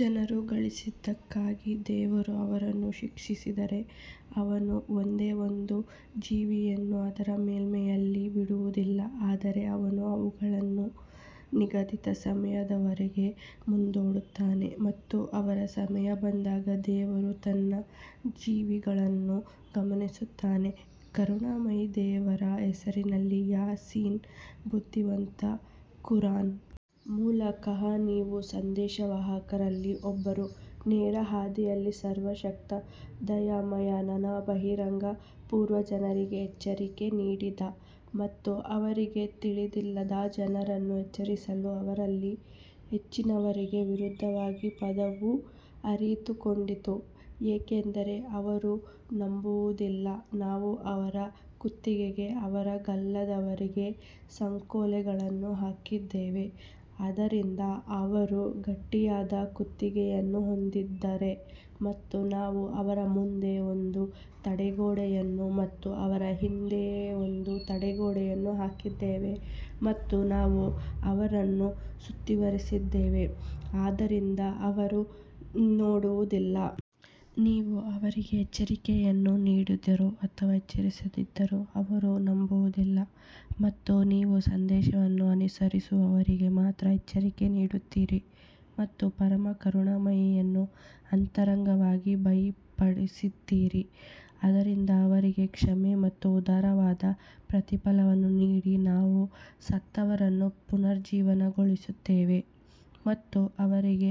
ಜನರು ಗಳಿಸಿದ್ದಕ್ಕಾಗಿ ದೇವರು ಅವರನ್ನು ಶಿಕ್ಷಿಸಿದರೆ, ಅವನು ಒಂದೇ ಒಂದು ಜೀವಿಯನ್ನು ಅದರ ಮೇಲ್ಮೈಯಲ್ಲಿ ಬಿಡುವುದಿಲ್ಲ ಆದರೆ ಅವನು ಅವುಗಳನ್ನು ನಿಗದಿತ ಸಮಯದವರೆಗೆ ಮುಂದೂಡುತ್ತಾನೆ ಮತ್ತು ಅವರ ಸಮಯ ಬಂದಾಗ ದೇವರು ತನ್ನ ಜೀವಿಗಳನ್ನು ಗಮನಿಸುತ್ತಾನೆ. ಕರುಣಾಮಯಿ ದೇವರ ಹೆಸರಿನಲ್ಲಿ ಯಾ ಸೀನ್ ಬುದ್ಧಿವಂತ ಕುರಾನ್ ಮೂಲಕ ನೀವು ಸಂದೇಶವಾಹಕರಲ್ಲಿ ಒಬ್ಬರು ನೇರ ಹಾದಿಯಲ್ಲಿ ಸರ್ವಶಕ್ತ ದಯಾಮಯನ ಬಹಿರಂಗ ಪೂರ್ವಜರಿಗೆ ಎಚ್ಚರಿಕೆ ನೀಡದ ಮತ್ತು ಅವರಿಗೆ ತಿಳಿದಿಲ್ಲದ ಜನರನ್ನು ಎಚ್ಚರಿಸಲು ಅವರಲ್ಲಿ ಹೆಚ್ಚಿನವರಿಗೆ ವಿರುದ್ಧವಾಗಿ ಪದವು ಅರಿತುಕೊಂಡಿತು ಏಕೆಂದರೆ ಅವರು ನಂಬುವುದಿಲ್ಲ ನಾವು ಅವರ ಕುತ್ತಿಗೆಗೆ ಅವರ ಗಲ್ಲದವರೆಗೆ ಸಂಕೋಲೆಗಳನ್ನು ಹಾಕಿದ್ದೇವೆ ಆದ್ದರಿಂದ ಅವರು ಗಟ್ಟಿಯಾದ ಕುತ್ತಿಗೆಯನ್ನು ಹೊಂದಿದ್ದಾರೆ ಮತ್ತು ನಾವು ಅವರ ಮುಂದೆ ಒಂದು ತಡೆಗೋಡೆಯನ್ನು ಮತ್ತು ಅವರ ಹಿಂದೆ ಒಂದು ತಡೆಗೋಡೆಯನ್ನು ಹಾಕಿದ್ದೇವೆ ಮತ್ತು ನಾವು ಅವರನ್ನು ಸುತ್ತುವರೆದಿದ್ದೇವೆ ಆದ್ದರಿಂದ ಅವರು ನೋಡುವುದಿಲ್ಲ. ನೀವು ಅವರಿಗೆ ಎಚ್ಚರಿಕೆ ನೀಡಿದರೂ ಅಥವಾ ಎಚ್ಚರಿಸದಿದ್ದರೂ ಅವರು ನಂಬುವುದಿಲ್ಲ ನೀವು ಸಂದೇಶವನ್ನು ಅನುಸರಿಸುವವರಿಗೆ ಮಾತ್ರ ಎಚ್ಚರಿಕೆ ನೀಡುತ್ತೀರಿ ಮತ್ತು ಪರಮ ಕರುಣಾಮಯಿಯನ್ನು ಆಂತರಿಕವಾಗಿ ಭಯಪಡುತ್ತೀರಿ ಆದ್ದರಿಂದ ಅವರಿಗೆ ಕ್ಷಮೆಯ ಮತ್ತು ಉದಾರವಾದ ಪ್ರತಿಫಲವನ್ನು ನೀಡಿ ನಾವು ಸತ್ತವರನ್ನು ಪುನರುಜ್ಜೀವನಗೊಳಿಸುತ್ತೇವೆ. ಮತ್ತು ಅವರಿಗೆ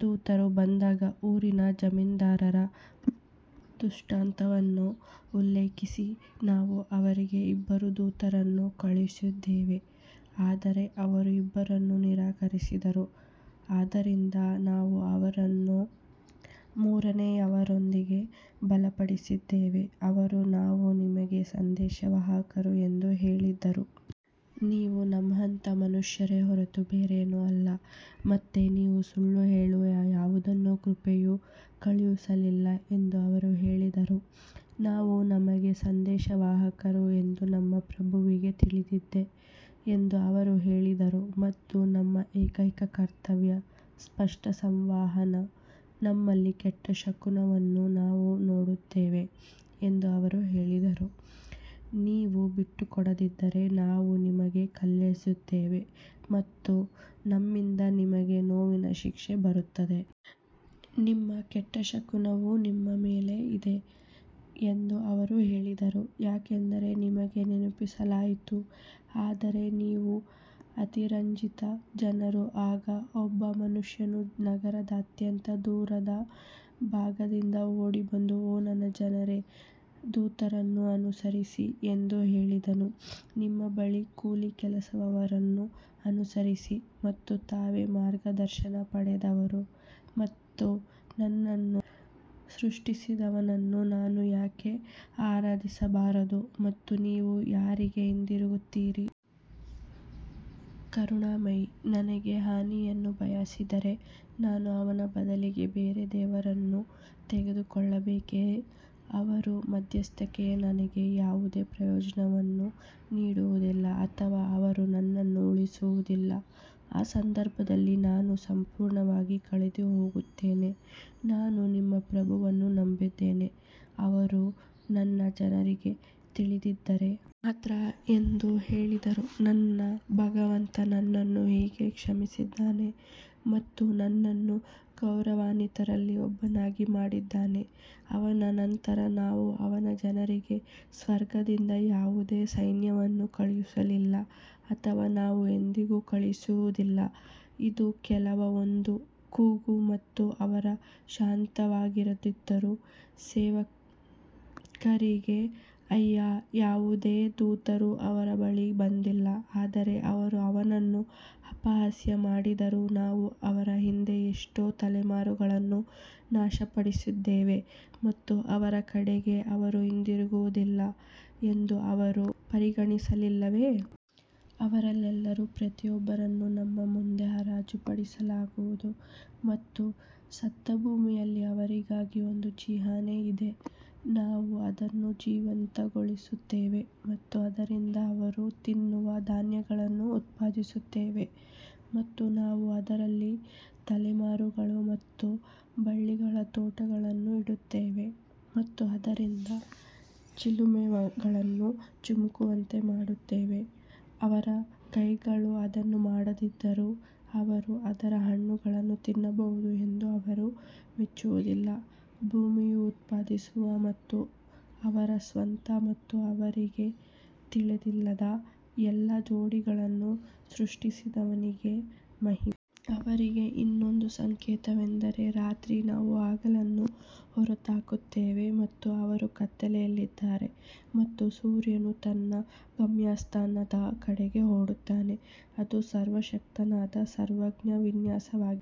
ದೂತರು ಬಂದಾಗ ಊರಿನ ಜಮೀನ್ದಾರರ ದೃಷ್ಟಾಂತವನ್ನು ಉಲ್ಲೇಖಿಸಿ ನಾವು ಅವರಿಗೆ ಇಬ್ಬರು ದೂತರನ್ನು ಕಳುಹಿಸಿದ್ದೇವೆ ಆದರೆ ಅವರು ಇಬ್ಬರನ್ನೂ ನಿರಾಕರಿಸಿದರು, ಆದ್ದರಿಂದ ನಾವು ಅವರನ್ನು ಮೂರನೆಯವರೊಂದಿಗೆ ಬಲಪಡಿಸಿದ್ದೇವೆ ಅವರು ನಾವು ನಿಮಗೆ ಸಂದೇಶವಾಹಕರು ಎಂದು ಹೇಳಿದರು. ನೀವು ನಮ್ಮಂತಹ ಮನುಷ್ಯರೇ ಹೊರತು ಬೇರೇನೂ ಅಲ್ಲ ಮತ್ತು ನೀವು ಸುಳ್ಳು ಹೇಳುವ ಯಾವುದನ್ನೂ ಕೃಪೆಯು ಕಳುಹಿಸಲಿಲ್ಲ ಎಂದು ಅವರು ಹೇಳಿದರು ನಾವು ನಿಮಗೆ ಸಂದೇಶವಾಹಕರು ಎಂದು ನಮ್ಮ ಪ್ರಭುವಿಗೆ ತಿಳಿದಿದೆ ಎಂದು ಅವರು ಹೇಳಿದರು ಮತ್ತು ನಮ್ಮ ಏಕೈಕ ಕರ್ತವ್ಯ ಸ್ಪಷ್ಟ ಸಂವಹನ ನಿಮ್ಮಲ್ಲಿ ಕೆಟ್ಟ ಶಕುನವನ್ನು ನಾವು ನೋಡುತ್ತೇವೆ ಎಂದು ಅವರು ಹೇಳಿದರು, ನೀವು ಬಿಟ್ಟುಕೊಡದಿದ್ದರೆ ನಾವು ನಿಮಗೆ ಕಲ್ಲೆಸೆಯುತ್ತೇವೆ ಮತ್ತು ನಮ್ಮಿಂದ ನಿಮಗೆ ನೋವಿನ ಶಿಕ್ಷೆ ಬರುತ್ತದೆ. ನಿಮ್ಮ ಕೆಟ್ಟ ಶಕುನವು ನಿಮ್ಮ ಮೇಲೆ ಇದೆ ಎಂದು ಅವರು ಹೇಳಿದರು, ಏಕೆಂದರೆ ನಿಮಗೆ ನೆನಪಿಸಲಾಯಿತು ಆದರೆ ನೀವು ಅತಿರಂಜಿತ ಜನರು ಆಗ ಒಬ್ಬ ಮನುಷ್ಯನು ನಗರದ ಅತ್ಯಂತ ದೂರದ ಭಾಗದಿಂದ ಓಡಿ ಬಂದು ಓ ನನ್ನ ಜನರೇ ದೂತರನ್ನು ಅನುಸರಿಸಿ ಎಂದು ಹೇಳಿದನು ನಿಮ್ಮ ಬಳಿ ಕೂಲಿ ಕೇಳುವವರನ್ನು ಅನುಸರಿಸಿ ಮತ್ತು ತಾವೇ ಮಾರ್ಗದರ್ಶನ ಪಡೆದವರು ಮತ್ತು ನನ್ನನ್ನು ಸೃಷ್ಟಿಸಿದವನನ್ನು ನಾನು ಏಕೆ ಆರಾಧಿಸಬಾರದು ಮತ್ತು ನೀವು ಯಾರಿಗೆ ಹಿಂತಿರುಗುತ್ತೀರಿ? ಕರುಣಾಮಯಿ ನನಗೆ ಹಾನಿಯನ್ನು ಬಯಸಿದರೆ ನಾನು ಅವನ ಬದಲಿಗೆ ಬೇರೆ ದೇವರುಗಳನ್ನು ತೆಗೆದುಕೊಳ್ಳಬೇಕೇ, ಅವರ ಮಧ್ಯಸ್ಥಿಕೆಯು ನನಗೆ ಯಾವುದೇ ಪ್ರಯೋಜನವನ್ನು ನೀಡುವುದಿಲ್ಲ ಅಥವಾ ಅವರು ನನ್ನನ್ನು ಉಳಿಸುವುದಿಲ್ಲ ಆ ಸಂದರ್ಭದಲ್ಲಿ ನಾನು ಸಂಪೂರ್ಣವಾಗಿ ಕಳೆದುಹೋಗುತ್ತೇನೆ ನಾನು ನಿಮ್ಮ ಪ್ರಭುವನ್ನು ನಂಬಿದ್ದೇನೆ. ಅವರು ನನ್ನ ಜನರಿಗೆ ತಿಳಿದಿದ್ದರೆ ಮಾತ್ರ ಎಂದು ಹೇಳಿದರು ನನ್ನ ಭಗವಂತ ನನ್ನನ್ನು ಹೇಗೆ ಕ್ಷಮಿಸಿದ್ದಾನೆ ಮತ್ತು ನನ್ನನ್ನು ಗೌರವಾನ್ವಿತರಲ್ಲಿ ಒಬ್ಬನನ್ನಾಗಿ ಮಾಡಿದ್ದಾನೆ ಅವನ ನಂತರ ನಾವು ಅವನ ಜನರಿಗೆ ಸ್ವರ್ಗದಿಂದ ಯಾವುದೇ ಸೈನ್ಯವನ್ನು ಕಳುಹಿಸಲಿಲ್ಲ ಅಥವಾ ನಾವು ಎಂದಿಗೂ ಕಳುಹಿಸುವುದಿಲ್ಲ ಇದು ಕೇವಲ ಒಂದು ಕೂಗು ಮತ್ತು ಅವರು ಶಾಂತವಾಗಿದ್ದರು ಸೇವಕರಿಗೆ ಅಯ್ಯೋ, ಯಾವುದೇ ದೂತರು ಅವರ ಬಳಿಗೆ ಬಂದಿಲ್ಲ ಆದರೆ ಅವರು ಅವನನ್ನು ಅಪಹಾಸ್ಯ ಮಾಡಿದರು ನಾವು ಅವರ ಹಿಂದೆ ಎಷ್ಟು ತಲೆಮಾರುಗಳನ್ನು ನಾಶಪಡಿಸಿದ್ದೇವೆ ಮತ್ತು ಅವರ ಕಡೆಗೆ ಅವರು ಹಿಂತಿರುಗುವುದಿಲ್ಲ ಎಂದು ಅವರು ಪರಿಗಣಿಸಲಿಲ್ಲವೇ? ಅವರೆಲ್ಲರೂ ಪ್ರತಿಯೊಬ್ಬರನ್ನು ನಮ್ಮ ಮುಂದೆ ಹಾಜರುಪಡಿಸಲಾಗುವುದು ಮತ್ತು ಸತ್ತ ಭೂಮಿಯಲ್ಲಿ ಅವರಿಗಾಗಿ ಒಂದು ಚಿಹ್ನೆ ಇದೆ, ನಾವು ಅದನ್ನು ಜೀವಂತಗೊಳಿಸುತ್ತೇವೆ ಮತ್ತು ಅದರಿಂದ ಅವರು ತಿನ್ನುವ ಧಾನ್ಯಗಳನ್ನು ಉತ್ಪಾದಿಸುತ್ತೇವೆ ಮತ್ತು ನಾವು ಅದರಲ್ಲಿ ತಾಳೆ ಮರಗಳು ಮತ್ತು ಬಳ್ಳಿಗಳ ತೋಟಗಳನ್ನು ಇಡುತ್ತೇವೆ ಮತ್ತು ಅದರಿಂದ ಚಿಲುಮೆಗಳನ್ನು ಚಿಮ್ಮುವಂತೆ ಮಾಡುತ್ತೇವೆ ಅವರ ಕೈಗಳು ಅದನ್ನು ಮಾಡದಿದ್ದರೂ ಅವರು ಅದರ ಹಣ್ಣುಗಳನ್ನು ತಿನ್ನಬಹುದು ಎಂದು ಅವರು ಮೆಚ್ಚುವುದಿಲ್ಲ ಭೂಮಿಯು ಉತ್ಪಾದಿಸುವ ಮತ್ತು ಅವರ ಸ್ವಂತ ಮತ್ತು ಅವರಿಗೆ ತಿಳಿದಿಲ್ಲದ ಎಲ್ಲಾ ಜೋಡಿಗಳನ್ನು ಸೃಷ್ಟಿಸಿದವನಿಗೆ ಮಹಿಮೆ. ಅವರಿಗೆ ಇನ್ನೊಂದು ಸಂಕೇತವೆಂದರೆ ರಾತ್ರಿ ನಾವು ಹಗಲನ್ನು ಹೊರಹಾಕುತ್ತೇವೆ ಮತ್ತು ಅವರು ಕತ್ತಲೆಯಲ್ಲಿದ್ದಾರೆ ಮತ್ತು ಸೂರ್ಯನು ತನ್ನ ಗಮ್ಯಸ್ಥಾನದ ಕಡೆಗೆ ಓಡುತ್ತಾನೆ, ಅದು ಸರ್ವಶಕ್ತನಾದ ಸರ್ವಜ್ಞನ ವಿನ್ಯಾಸವಾಗಿದೆ.